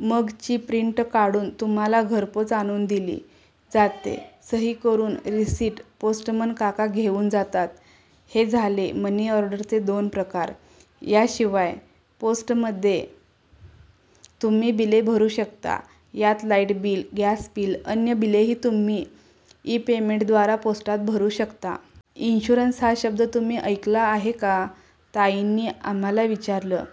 मग ची प्रिंट काढून तुम्हाला घरपोच आणून दिली जाते. सही करून रिसिट पोस्टमन काका घेऊन जातात. हे झाले मनी ऑर्डरचे दोन प्रकार. याशिवाय पोस्टमध्ये तुम्ही बिले भरू शकता. यात लाईट बिल, गॅस बिल, अन्य बिलेही तुम्ही ई-पेमेंटद्वारा पोस्टात भरू शकता." "इन्शुरन्स हा शब्द तुम्ही ऐकला आहे का?" ताईंनी आम्हांला विचारलं.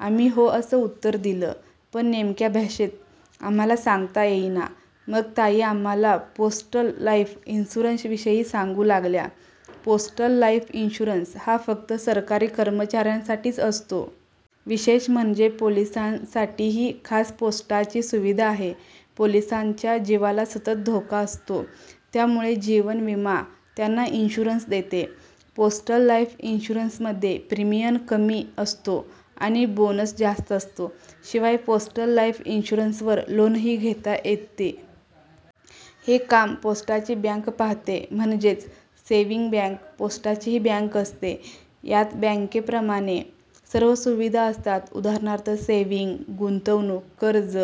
आम्ही 'हो' असं उत्तर दिलं, पण नेमक्या भाषेत आम्हांला सांगता येईना. मग ताई आम्हांला पोस्टल लाईफ इन्शुरन्सविषयी सांगू लागल्या- "पोस्टल लाईफ इन्शुरन्स हा फक्त सरकारी कर्मचाऱ्यांसाठीच असतो. विशेष म्हणजे पोलिसांसाठीही खास पोस्टाची सुविधा आहे. पोलिसांच्या जीवाला सतत धोका असतो त्यामुळे जीवन विमा त्यांना इन्शुरन्स देते. पोस्टल लाईफ इन्शुरन्समध्ये प्रीमियम कमी असतो आणि बोनस जास्त असतो. शिवाय पोस्टल लाईफ इन्शुरन्सवर लोनही घेता येते. हे काम पोस्टाची बँक पाहते म्हणजेच सेव्हिंग बँक. पोस्टाचीही बँक असते. यातही बँकेप्रमाणे सर्व सुविधा असतात. उदाहरणार्थ सेव्हिंग, गुंतवणूक, कर्ज,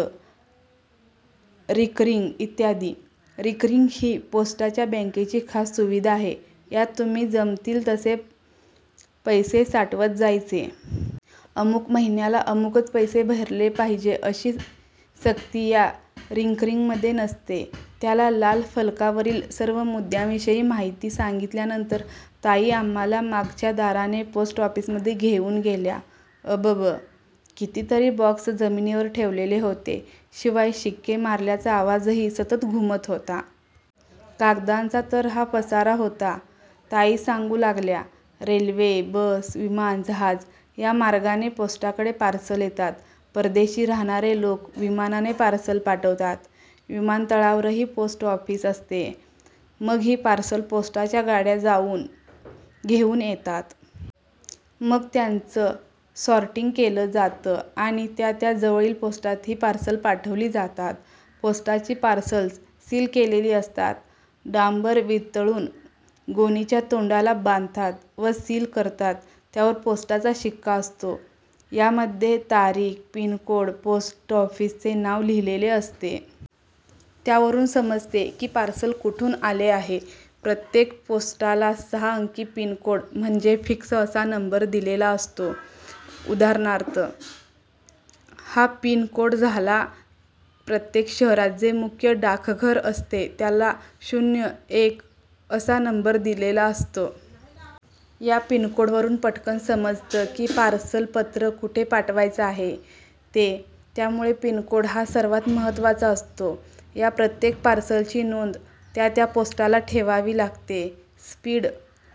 रिकरिंग इत्यादी. रिकरिंग ही पोस्टाच्या बँकेची खास सुविधा आहे. यात तुम्ही जमतील तसे पैसे साठवत जायचे. अमुक महिन्याला अमुकच पैसे भरले पाहिजे अशी सक्ती या रिकरिंगमध्ये नसते." त्या लाल फलकावरील सर्व मुद्द्यांविषयी माहिती सांगितल्यानंतर ताई आम्हांला मागच्या दाराने पोस्ट ऑफिसमध्ये घेऊन गेल्या. अबब! कितीतरी बॉक्स जमिनीवर ठेवलेले होते. शिवाय शिक्के मारल्याचा आवाजही सतत घुमत होता. कागदांचा तर हा पसारा होता! ताई सांगू लागल्या, "रेल्वे, बस, विमान, जहाज या मार्गाने पोस्टाकडे पार्सल येतात. परदेशी राहणारे लोक विमानाने पार्सल पाठवतात. विमानतळावरही पोस्ट ऑफिस असते. मग ही पार्सल पोस्टाच्या गाड्या जाऊन घेऊन येतात. मग त्याचं सॉर्टिंग केलं जातं आणि त्या त्या जवळील पोस्टात ही पार्सल पाठवली जातात. पोस्टाची पार्सल्स सील केलेली असतात. डांबर वितळून गोणीच्या तोंडाला बांधतात व सील करतात. त्यावर पोस्टाचा शिक्का असतो. यामध्ये तारीख, पिन कोड, पोस्ट ऑफिसचे नाव लिहिलेले असते. त्यावरून समजते की पार्सल कुठून आले आहे. प्रत्येक पोस्टाला सहा अंकी पिन कोड म्हणजे फिक्स असा नंबर दिलेला असतो. उदा. हा पिन कोड झाला. प्रत्येक शहरात जे मुख्य डाकघर असते, त्याला शून्य एक असा नंबर दिलेला असतो. या पिनकोडवरून पटकन समजतं की पार्सल, पत्र कुठे पाठवायचं आहे ते. त्यामुळे पिनकोड हा सर्वात महत्त्वाचा असतो. या प्रत्येक पार्सलची नोंद त्या त्या पोस्टाला ठेवावी लागते. स्पीड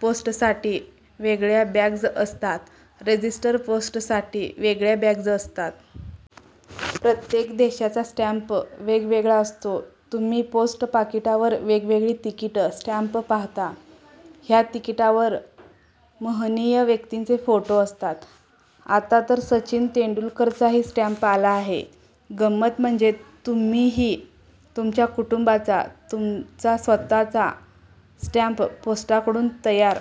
पोस्टसाठी वेगळ्या बॅग्ज असतात, रजिस्टर पोस्टसाठी वेगळ्या बॅग्ज असतात. प्रत्येक देशाचा स्टँप वेगवेगळा असतो. तुम्ही पोस्ट पाकिटावर वेगवेगळी तिकीटं, स्टँप पाहता. ह्या तिकिटावर महनीय व्यक्तींचे फोटो असतात. आता तर सचिन तेंडुलकरचाही स्टँप आला आहे. गंमत म्हणजे तुम्हीही तुमच्या कुटुंबाचा, तुमचा स्वतःचा स्टँप पोस्टाकडून तयार